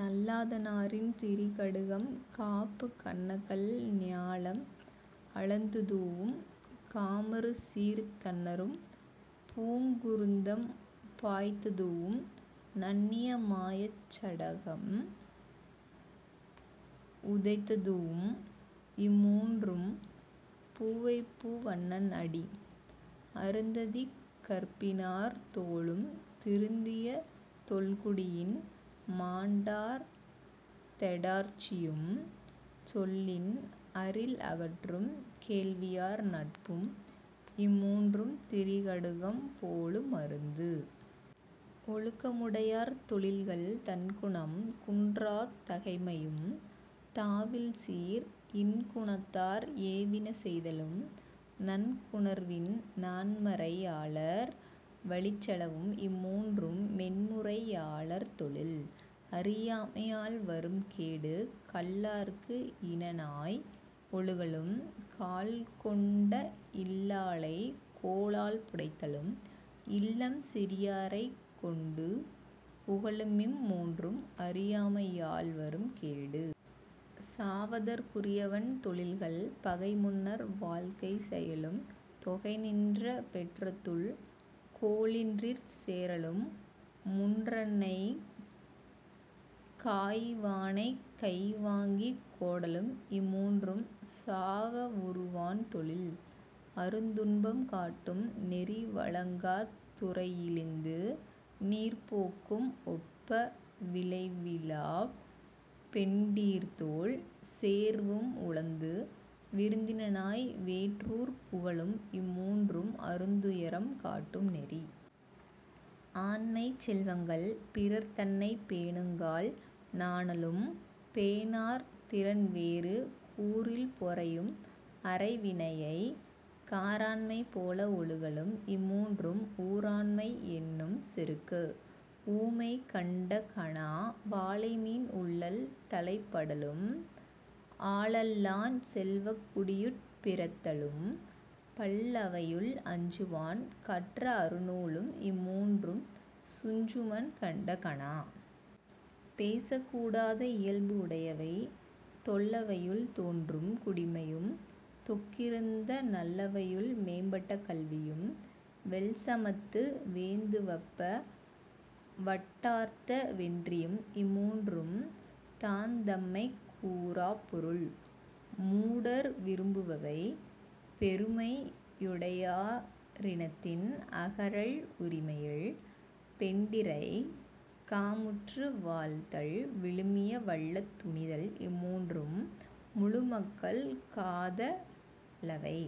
நல்லாதனாரின் திரிகடுகம் காப்பு கண்ணகல் ஞாலம் அளந்துதூஉம் காமருசீர்த் தண்ணறும் பூங்குருந்தம் பாய்த்ததூஉம் நண்ணிய மாயச் சடகம் உதைத்தூஉம் இம்மூன்றும் பூவைப்பூ வண்ணன் அடி. அருந்ததிக் கற்பினார் தோளும் திருந்திய தொல்குடியின் மாண்டார் தெடார்ச்சியும் சொல்லின் அரில்அகற்றும் கேள்வியார் நட்பும் இம்மூன்றும் திரிகடுகம் போலு மருந்து.. ஒழுக்கமுடையார் தொழில்கள் தன்குணம் குன்றாத் தகைமையும் தாவில்சீர் இன்குணத்தார் ஏவினசெய்தலும் நன்குணர்வின் நான்மறை யாளர் வழிச்செலவும் இம்மூன்றும் மென்முறை யாளர் தொழில்.. அறியாமையால் வரும் கேடு கல்லார்க்கு இனனாய் ஒழுகலும் காழ்கொண்ட இல்லாளைக் கோலால் புடைத்தலும் இல்லம் சிறியாரைக் கொண்டு புகலுமிம் மூன்றும் அறியாமை யால்வரும் கேடு.. சாவதற்குரியவன் தொழில்கள் பகைமுன்னர் வாழ்க்கை செயலும் தொகைநின்ற பெற்றத்துள் கோலின்றிச் சேறலும் முன்றன்னைக் காய்வானைக் கைவாங்கிக் கோடலும் இம்மூன்றும் சாவ வுறுவான் தொழில்.. அருந்துன்பம் காட்டும் நெறி வழங்காத் துறையிழிந்து நீர்ப்போக்கும் ஒப்ப விழைவிலாப் பெண்டீர்த்தோள் சேர்வும் உழந்து விருந்தினனாய் வேற்றூர் புகலும் இம்மூன்றும் அருந்துயரம் காட்டும் நெறி.. ஆண்மைச் செல்வங்கள் பிறர்தன்னைப் பேணுங்கால் நாணலும் பேணார் திறன்வேறு கூறில் பொறையும் அறவினையைக் காராண்மை போல ஒழுகலும் இம்மூன்றும் ஊராண்மை யென்னும் செருக்கு.. ஊமை கண்ட கனா வாளைமீன் உள்ளல் தலைப்படலும் ஆளல்லான் செல்வக் குடியுட் பிறத்தலும் பல்அவையுள் அஞ்சுவான் கற்ற அருநூலும் இம்மூன்றும் துஞ்சூமன் கண்ட கனா.. பேசக்கூடாத இயல்பு உடையவை தொல்லவையுள் தோன்றும் குடிமையும் தொக்கிருந்த நல்லவையுள் மேம்பட்ட கல்வியும் வெல்சமத்து வேந்துவப்ப வட்டார்த்த வென்றியும் இம்மூன்றும் தாந்தம்மைக் கூறாப் பொருள்.. மூடர் விரும்புபவை பெருமை யுடையா ரினத்தின் அகறல் உரிமையில் பெண்டிரைக் காமுற்று வாழ்தல் விழுமிய வல்ல துணிதல் இம்மூன்றும் முழுமக்கள் காத லவை..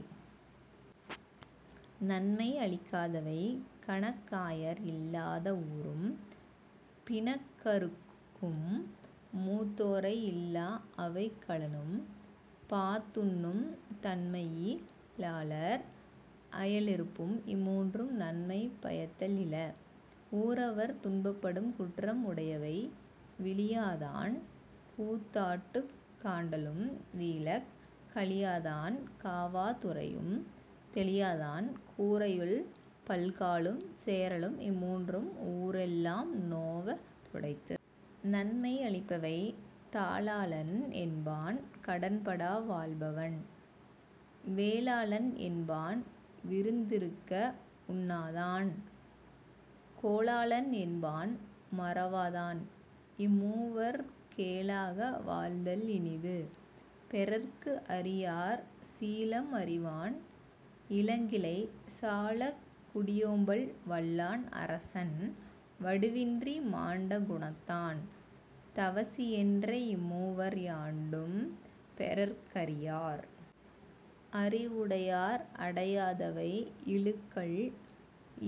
நன்மை அளிக்காதவை கணக்காயர் இல்லாத ஊரும் பிணக்கறுக்கும் மூத்தோரை இல்லா அவைக்களனும் பாத்துண்ணும் தன்மையி லாளர் அயலிருப்பும் இம்முன்றும் நன்மை பயத்தல் இல.. ஊரவர் துன்பப்படும் குற்றம் உடையவை விளியாதான் கூத்தாட்டுக் காண்டலும் வீழக் களியாதான் காவா துரையும் தெளியாதான் கூரையுள் பல்காலும் சேறலும் இம்மூன்றும் ஊரெல்லாம் நோவ துடைத்து.. நன்மை அளிப்பவை தாளாளன் என்பான் கடன்படா வாழ்பவன் வேளாளன் என்பான் விருந்திருக்க உண்ணாதான் கோளாளன் என்பான் மறவாதான் இம்மூவர் கேளாக வாழ்தல் இனிது.. பெறற்கு அரியார் சீலம் அறிவான் இளங்கிளை சாலக் குடியோம்பல் வல்லான் அரசன் வடுவின்றி மாண்ட குணத்தான் தவசியென்ற இம்மூவர் யாண்டும் பெறற்கரி யார்.. அறிவுடையார் அடையாதவை இழுக்கல்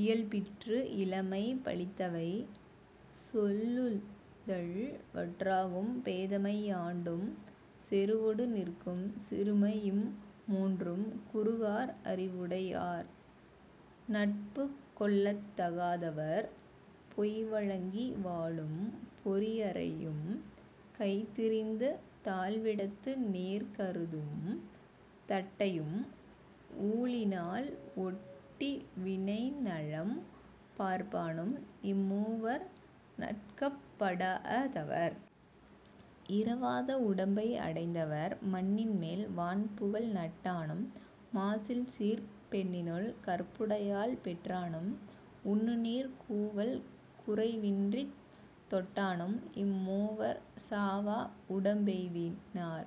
இயல்பிற்று இளமை பழித்தவை சொல்லுதல் வற்றாகும் பேதைமை யாண்டும் செறுவொடு நிற்கும் சிறுமைஇம் மூன்றும் குறுகார் அறிவுடை யார்.. நட்புக் கொள்ளத் தகாதவர். பொய்வழங்கி வாழும் பொறியறையும் கைதிரிந்து தாழ்விடத்து நேர்கருதும் தட்டையும் ஊழினால் ஒட்டி வினைநலம் பார்ப்பானும் இம்மூவர் நட்கப் படாஅ தவர்.. இறவாத உடம்பை அடைந்தவர் மண்ணின்மேல் வான்புகழ் நட்டானும் மாசில்சீர்ப் பெண்ணினுள் கற்புடையாள் பெற்றானும் உண்ணுநீர் கூவல் குறைவின்றித் தொட்டானும் இம்மூவர் சாவா உடம்பெய்தி னார்..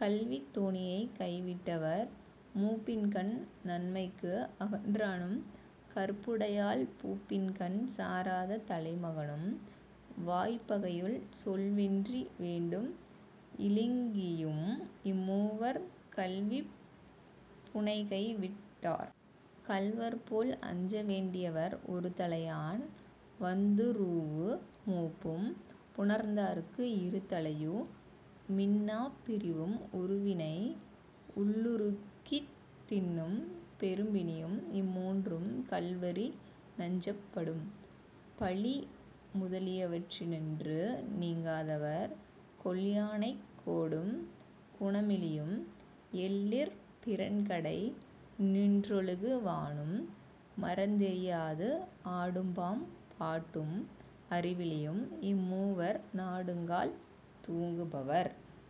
கல்வித் தோணியைக் கைவிட்டவர் மூப்பின்கண் நன்மைக்கு அகன்றானும் கற்புடையாள் பூப்பின்கண் சாராத தலைமகனும் வாய்ப்பகையுள் சொல்வென்றி வேண்டும் இலிங்கியும் இம்மூவர் கல்விப் புணைகைவிட் டார்.. கள்வர் போல் அஞ்ச வேண்டியவர் ஒருதலையான் வந்துறூஉ மூப்பும் புணர்ந்தார்க்கு இருதலையு மின்னாப் பிரிவும் உருவினை உள்ளுருக்கித் தின்னும் பெரும்பிணியும் இம்மூன்றும் கள்வரி னஞ்சப் படும்.. பழி முதலியவற்றினின்று நீங்காதவர் கொல்யானைக் கோடும் குணமிலியும் எல்லிற் பிறன்கடை நின்றொழுகு வானும் மறந்தெரியாது ஆடும்பாம் பாட்டும் அறிவிலியும் இம்மூவர் நாடுங்கால் தூங்கு பவர்..